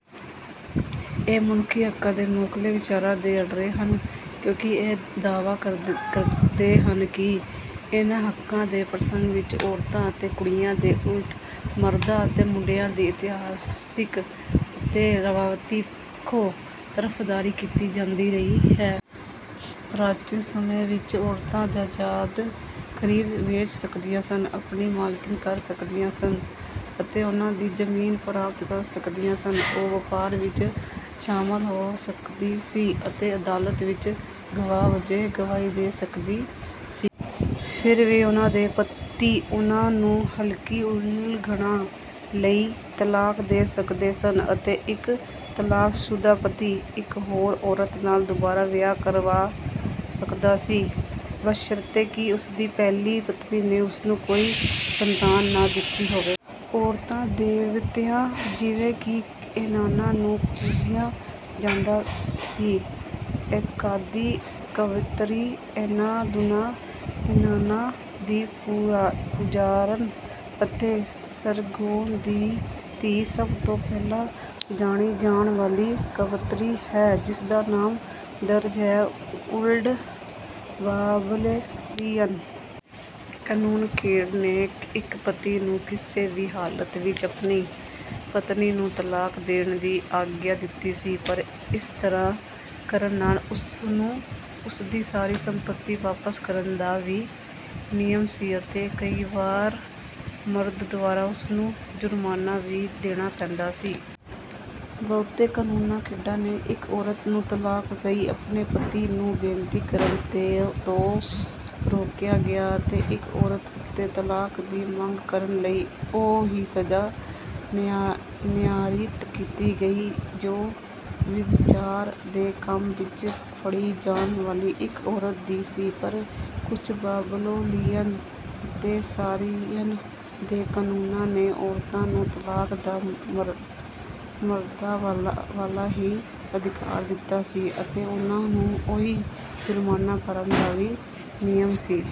ਇਹ ਮਨੁੱਖੀ ਹੱਕਾਂ ਦੇ ਮੋਕਲੇ ਵਿਚਾਰਾਂ ਤੋਂ ਅੱਡਰੇ ਹਨ ਕਿਉਂਕਿ ਇਹ ਦਾਅਵਾ ਕਰਦੇ ਹਨ ਕਿ ਇਹਨਾਂ ਹੱਕਾਂ ਦੇ ਪ੍ਰਸੰਗ ਵਿੱਚ ਔਰਤਾਂ ਅਤੇ ਕੁੜੀਆਂ ਦੇ ਉਲਟ ਮਰਦਾਂ ਅਤੇ ਮੁੰਡਿਆਂ ਦੀ ਇਤਿਹਾਸਿਕ ਅਤੇ ਰਵਾਇਤੀ ਪੱਖੋਂ ਤਰਫਦਾਰੀ ਕੀਤੀ ਜਾਂਦੀ ਰਹੀ ਹੈ। ਪ੍ਰਾਚੀਨ ਸਮੇ ਵਿੱਚ ਔਰਤਾਂ ਜਾਇਦਾਦ ਖਰੀਦ, ਵੇਚ ਸਕਦੀਆਂ ਸਨ, ਆਪਣੀ ਮਾਲਕੀ ਕਰ ਸਕਦੀਆਂ ਸਨ ਅਤੇ ਉਨ੍ਹਾਂ ਦੀ ਜ਼ਮੀਨ ਪ੍ਰਾਪਤ ਕਰ ਸਕਦੀਆਂ ਸਨ। ਉਹ ਵਪਾਰ ਵਿੱਚ ਸ਼ਾਮਲ ਹੋ ਸਕਦੀ ਸੀ, ਅਤੇ ਅਦਾਲਤ ਵਿੱਚ ਗਵਾਹਾਂ ਵਜੋਂ ਗਵਾਹੀ ਦੇ ਸਕਦੀ ਸੀ। ਫਿਰ ਵੀ, ਉਨ੍ਹਾਂ ਦੇ ਪਤੀ ਉਨ੍ਹਾਂ ਨੂੰ ਹਲਕੀ ਉਲੰਘਣਾ ਲਈ ਤਲਾਕ ਦੇ ਸਕਦੇ ਸਨ, ਅਤੇ ਇੱਕ ਤਲਾਕਸ਼ੁਦਾ ਪਤੀ ਇੱਕ ਹੋਰ ਔਰਤ ਨਾਲ ਦੁਬਾਰਾ ਵਿਆਹ ਕਰਵਾ ਸਕਦਾ ਸੀ, ਬਸ਼ਰਤੇ ਕਿ ਉਸਦੀ ਪਹਿਲੀ ਪਤਨੀ ਨੇ ਉਸਨੂੰ ਕੋਈ ਸੰਤਾਨ ਨਾ ਦਿੱਤੀ ਹੋਵੇ। ਔਰਤਾਂ ਦੇਵਤਿਆਂ, ਜਿਵੇਂ ਕਿ ਇਨਨਾ, ਨੂੰ ਪੂਜਿਆ ਜਾਂਦਾ ਸੀ। ਅੱਕਾਦੀ ਕਵਿੱਤਰੀ ਐਨੇਦੁਨਾ, ਇਨਾਨਾ ਦੀ ਪੁਜਾਰਨ ਅਤੇ ਸਰਗੋਨ ਦੀ ਧੀ, ਸਭ ਤੋਂ ਪਹਿਲਾਂ ਜਾਣੀ ਜਾਣ ਵਾਲੀ ਕਵਿੱਤਰੀ ਹੈ ਜਿਸਦਾ ਨਾਮ ਦਰਜ ਹੈ। ਓਲਡ ਬਾਬਲੋਨੀਅਨ ਕਾਨੂੰਨ ਕੋਡ ਨੇ ਇੱਕ ਪਤੀ ਨੂੰ ਕਿਸੇ ਵੀ ਹਾਲਾਤ ਵਿੱਚ ਆਪਣੀ ਪਤਨੀ ਨੂੰ ਤਲਾਕ ਦੇਣ ਦੀ ਆਗਿਆ ਦਿੱਤੀ ਸੀ, ਪਰ ਇਸ ਤਰ੍ਹਾਂ ਕਰਨ ਨਾਲ ਉਸਨੂੰ ਉਸਦੀ ਸਾਰੀ ਸੰਪਤੀ ਵਾਪਸ ਕਰਨ ਦਾ ਵੀ ਨਿਯਮ ਸੀ ਅਤੇ ਕਈ ਵਾਰ ਮਰਦ ਦੁਆਰਾ ਉਸਨੂੰ ਜੁਰਮਾਨਾ ਵੀ ਦੇਣਾ ਪੈਂਦਾ ਸੀ। ਬਹੁਤੇ ਕਾਨੂੰਨ ਕੋਡਾਂ ਨੇ ਇੱਕ ਔਰਤ ਨੂੰ ਤਲਾਕ ਦੇ ਲਈ ਆਪਣੇ ਪਤੀ ਨੂੰ ਬੇਨਤੀ ਕਰਨ ਤੋਂ ਰੋਕਿਆ ਗਿਆ ਅਤੇ ਇੱਕ ਔਰਤ ਉੱਤੇ ਤਲਾਕ ਦੀ ਮੰਗ ਕਰਨ ਲਈ ਉਹ ਹੀ ਸਜ਼ਾ ਨਿਰਧਾਰਿਤ ਕੀਤੀ ਗਈ ਜੋ ਵਿਭਚਾਰ ਦੇ ਕੰਮ ਵਿੱਚ ਫੜੀ ਜਾਣ ਵਾਲੀ ਇੱਕ ਔਰਤ ਦੀ ਸੀ, ਪਰ ਕੁਝ ਬਾਬਲੋਨੀਅਨ ਅਤੇ ਅਸਾਰਿਅਨ ਦੇ ਕਾਨੂੰਨਾਂ ਨੇ ਔਰਤਾਂ ਨੂੰ ਤਲਾਕ ਦਾ ਮਰਦਾਂ ਵਾਲਾ ਹੀ ਅਧਿਕਾਰ ਦਿੱਤਾ ਸੀ, ਅਤੇ ਉਨ੍ਹਾਂ ਨੂੰ ਉਹੀ ਜੁਰਮਾਨਾ ਭਰਨ ਦਾ ਵੀ ਨਿਯਮ ਸੀ।